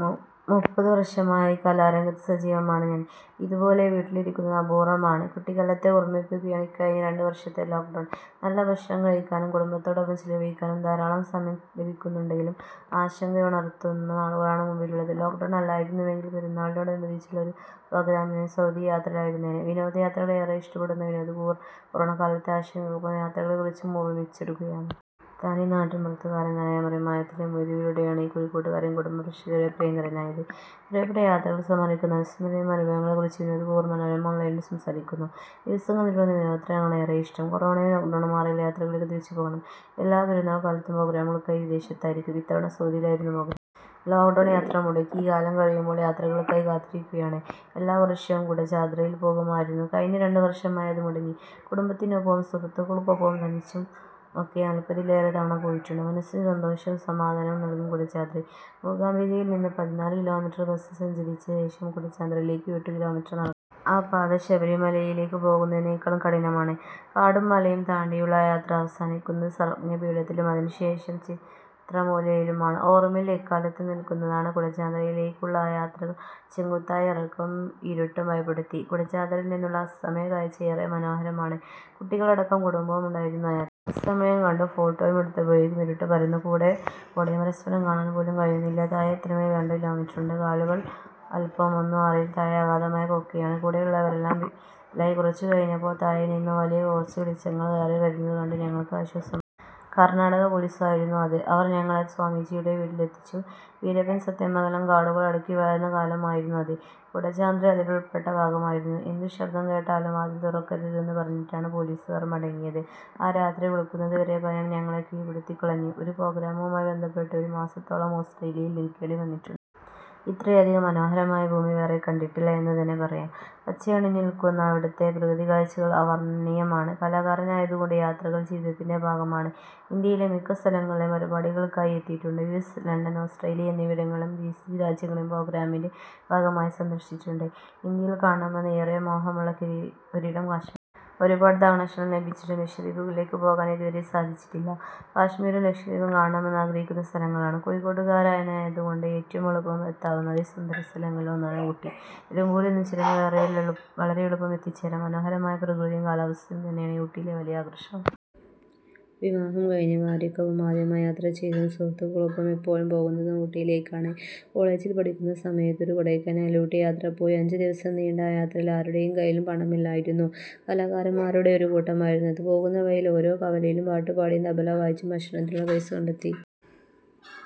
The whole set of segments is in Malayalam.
മു മു പ്പതു വർഷമായി കലാരംഗത്ത് സജീവമാണ് ഞാൻ. ഇതുപോലെ വീട്ടിലിരിക്കുന്നത് അപൂർവമാണ്. കുട്ടിക്കാലത്തെ ഓർമിപ്പിക്കുകയാണ് ഇക്കഴിഞ്ഞ രണ്ടു വർഷത്തെ ലോക്ഡൗൺ. നല്ല ഭക്ഷണം കഴിക്കാനും കുടുംബത്തോടൊപ്പം ചെലവഴിക്കാനും ധാരാളം സമയം ലഭിക്കുന്നുണ്ടെങ്കിലും ആശങ്കയുണർത്തുന്ന നാളുകളാണ് മുമ്പിലുള്ളത്. ലോക്ഡൗൺ അല്ലായിരുന്നുവെങ്കിൽ പെരുന്നാളിനോടനുബന്ധിച്ചുള്ള ഒരു പ്രോഗ്രാമിനായി സൗദി യാത്രയിലായിരുന്നേനേ. വിനോദയാത്രകളെ ഏറെ ഇഷ്ടപ്പെടുന്ന വിനോദ് കോവൂർ കൊറോണക്കാലത്തെ ആശങ്കയ്ക്കൊപ്പം യാത്രകളെക്കുറിച്ചും ഓർമിച്ചെടുക്കുകയാണ്. തനിനാട്ടിൻപുറത്തുകാരനായ മറിമായത്തിലെ മൊയ്തുവിലൂടെയാണ് ഈ കോഴിക്കോട്ടുകാരൻ കുടുംബ പ്രേക്ഷകരുടെ പ്രിയങ്കരനായത്. പ്രിയപ്പെട്ട യാത്രകൾ സമ്മാനിക്കുന്ന അവിസ്മരണീയമായ അനുഭവങ്ങളെക്കുറിച്ച് വിനോദ് കോവൂർ മനോരമ ഓൺലൈനിനോട് സംസാരിക്കുന്നു. ദിവസങ്ങൾ നീളുന്ന വിനോദയാത്രകളാണ് ഏറെയിഷ്ടം. കൊറോണയും ലോക്ഡൗണും മാറിയാൽ യാത്രകളിലേക്ക് തിരിച്ചു പോകണം. എല്ലാ പെരുന്നാൾ കാലത്തും പ്രോഗ്രാമുകൾക്കായി വിദേശത്തായിരിക്കും. ഇത്തവണ സൗദിയിലായിരുന്നു പ്രോഗ്രാം. ലോക്ഡൗൺ യാത്ര മുടക്കി. ഈ കാലം കഴിയുമ്പോൾ യാത്രകൾക്കായി കാത്തിരിക്കുകയാണ്. എല്ലാ വർഷവും കുടജാദ്രിയിൽ പോകുമായിരുന്നു. കഴിഞ്ഞ രണ്ടു വർഷമായി അതു മുടങ്ങി. കുടുംബത്തിനൊപ്പവും സുഹൃത്തുക്കൾക്കൊപ്പവും തനിച്ചുമൊക്കെ നാൽപതിലേറെ തവണ പോയിട്ടുണ്ട്. മനസ്സിനു സന്തോഷവും സമാധാനവും നൽകും കുടജാദ്രി. മൂകാംബികയിൽനിന്ന് പതിനാലു കിലോമീറ്റർ ബസിൽ സഞ്ചരിച്ച ശേഷം കുടജാദ്രിയിലേക്ക് എട്ടു കിലോമീറ്റർ നടക്കണം. ആ പാത ശബരിമലയിലേക്ക് പോകുന്നതിനേക്കാളും കഠിനമാണ്. കാടും മലയും താണ്ടിയുള്ള ആ യാത്ര അവസാനിക്കുന്നത് സർവജ്ഞ പീഠത്തിലും അതിനുശേഷം ചിത്രമൂലയിലുമാണ്. ഓർമയിൽ എക്കാലത്തും നിൽക്കുന്നതാണ് കുടജാദ്രിയിലേക്കുള്ള ആ യാത്രകൾ. ചെങ്കുത്തായ ഇറക്കവും ഇരുട്ടും ഭയപ്പെടുത്തി. കുടജാദ്രിയിൽ നിന്നുള്ള അസ്തമയക്കാഴ്ച ഏറെ മനോഹരമാണ്. കുട്ടികളടക്കം കുടുംബവുമുണ്ടായിരുന്നു ആ യാത്രയിൽ. അസ്തമയം കണ്ടു, ഫോട്ടോയും എടുത്തപ്പോഴേക്കും ഇരുട്ട് പരന്നു, കൂടെ കോടയും. പരസ്പരം കാണാൻ പോലും കഴിയുന്നില്ല. താഴെയെത്തണമെങ്കിൽ രണ്ടു കിലോമീറ്ററുണ്ട്. കാലുകൾ അൽപമൊന്നു മാറിയാൽ താഴെ അഗാധമായ കൊക്കയാണ്. കൂടെയുള്ളവരെല്ലാം ഭീതിയിലായി. കുറച്ചു കഴിഞ്ഞപ്പോൾ താഴെനിന്നു വലിയ ടോർച്ച് വെളിച്ചങ്ങൾ കയറി വരുന്നതു കണ്ടു. ഞങ്ങൾക്ക് ആശ്വാസമായി. കർണാടക പൊലീസ് ആയിരുന്നു അത്. അവർ ഞങ്ങളെ സ്വാമിജിയുടെ വീട്ടിലെത്തിച്ചു. വീരപ്പൻ സത്യമംഗലം കാടുകൾ അടക്കിവാഴുന്ന കാലമായിരുന്നു അത്. കുടജാദ്രി അതിലുൾപ്പെട്ട ഭാഗമായിരുന്നു. എന്തു ശബ്ദം കേട്ടാലും വാതിൽ തുറക്കരുതെന്നു പറഞ്ഞിട്ടാണ് പൊലീസുകാർ മടങ്ങിയത്. ആ രാത്രി വെളുക്കുന്നതുവരെ ഭയം ഞങ്ങളെ കീഴ്പ്പെടുത്തിക്കളഞ്ഞു. ഒരു പ്രോഗ്രാമുമായി ബന്ധപ്പെട്ട് ഒരു മാസത്തോളം ഓസ്ട്രേലിയയിൽ നിൽക്കേണ്ടി വന്നിട്ടുണ്ട്. ഇത്രയധികം മനോഹരമായ ഭൂമി വേറെ കണ്ടിട്ടില്ല എന്നുതന്നെ പറയാം. പച്ചയണിഞ്ഞു നിൽക്കുന്ന അവിടുത്തെ പ്രകൃതിക്കാഴ്ചകൾ അവാർണനീയമാണ്. കലാകാരനായതുകൊണ്ട് യാത്രകൾ ജീവിതത്തിൻ്റെ ഭാഗമാണ്. ഇന്ത്യയിലെ മിക്ക സ്ഥലങ്ങളിലും പരിപാടികൾക്കായി എത്തിയിട്ടുണ്ട്. യുഎസ്, ലണ്ടൻ, ഓസ്ട്രേലിയ എന്നിവിടങ്ങളും ജിസിസി രാജ്യങ്ങളും പ്രോഗ്രാമിൻ്റെ ഭാഗമായി സന്ദർശിച്ചിട്ടുണ്ട്. ഇന്ത്യയിൽ കാണണമെന്ന് ഏറെ മോഹമുള്ള ഒരിടം കശ്മീരാണ്. ഒരുപാട് തവണ ക്ഷണം ലഭിച്ചിട്ടും ലക്ഷദ്വീപുകളിലേക്ക് പോകാൻ ഇതുവരെ സാധിച്ചിട്ടില്ല. കശ്മീരും ലക്ഷദ്വീപും കാണണമെന്ന് ആഗ്രഹിക്കുന്ന സ്ഥലങ്ങളാണ്. കോഴിക്കോട്ടുകാരനായതുകൊണ്ട് ഏറ്റവും എളുപ്പം എത്താവുന്ന അതിസുന്ദര സ്ഥലങ്ങളിൽ ഒന്നാണ് ഊട്ടി. നിലമ്പൂരിൽനിന്നു ചുരം കയറിയാൽ വളരെ എളുപ്പം എത്തിച്ചേരാം. മനോഹരമായ പ്രകൃതിയും കാലാവസ്ഥയും തന്നെയാണ് ഊട്ടിയിലെ വലിയ ആകർഷണം. വിവാഹം കഴിഞ്ഞ് ഭാര്യക്കൊപ്പം ആദ്യമായി യാത്ര ചെയ്തതും സുഹൃത്തുക്കൾക്കൊപ്പം എപ്പോഴും പോകുന്നതും ഊട്ടിയിലേക്കാണ്. കോളജിൽ പഠിക്കുന്ന സമയത്ത് ഒരു കൊടൈക്കനാൽ ഊട്ടി യാത്ര പോയി. അഞ്ചു ദിവസം നീണ്ട ആ യാത്രയിൽ ആരുടെ കൈയിലും പണമില്ലായിരുന്നു. കലാകാരന്മാരുടെ ഒരു കൂട്ടമായിരുന്നു അത്. പോകുന്ന വഴിയിൽ ഓരോ കവലയിലും പാട്ടുപാടിയും തബല വായിച്ചും ഭക്ഷണത്തിനുള്ള പൈസ കണ്ടെത്തി.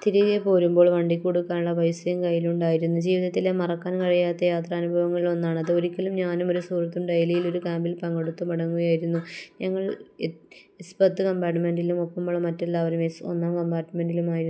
തിരികെ പോരുമ്പോൾ വണ്ടിക്കു കൊടുക്കാനുള്ള പൈസയും കൈയിലുണ്ടായിരുന്നു. ജീവിതത്തിലെ മറക്കാൻ കഴിയാത്ത യാത്രാനുഭവങ്ങളിൽ ഒന്നാണത്. ഒരിക്കൽ ഞാനും ഒരു സുഹൃത്തും ഡൽഹിയിൽ ഒരു ക്യാംപിൽ പങ്കെടുത്തു മടങ്ങുകയായിരുന്നു. ഞങ്ങൾ എസ് പത്ത് കമ്പാർട്ട്മെന്റിലും ഒപ്പമുള്ള മറ്റെല്ലാവരും എസ് ഒന്നാം കമ്പാർട്ട്മെന്റിലുമായിരുന്നു.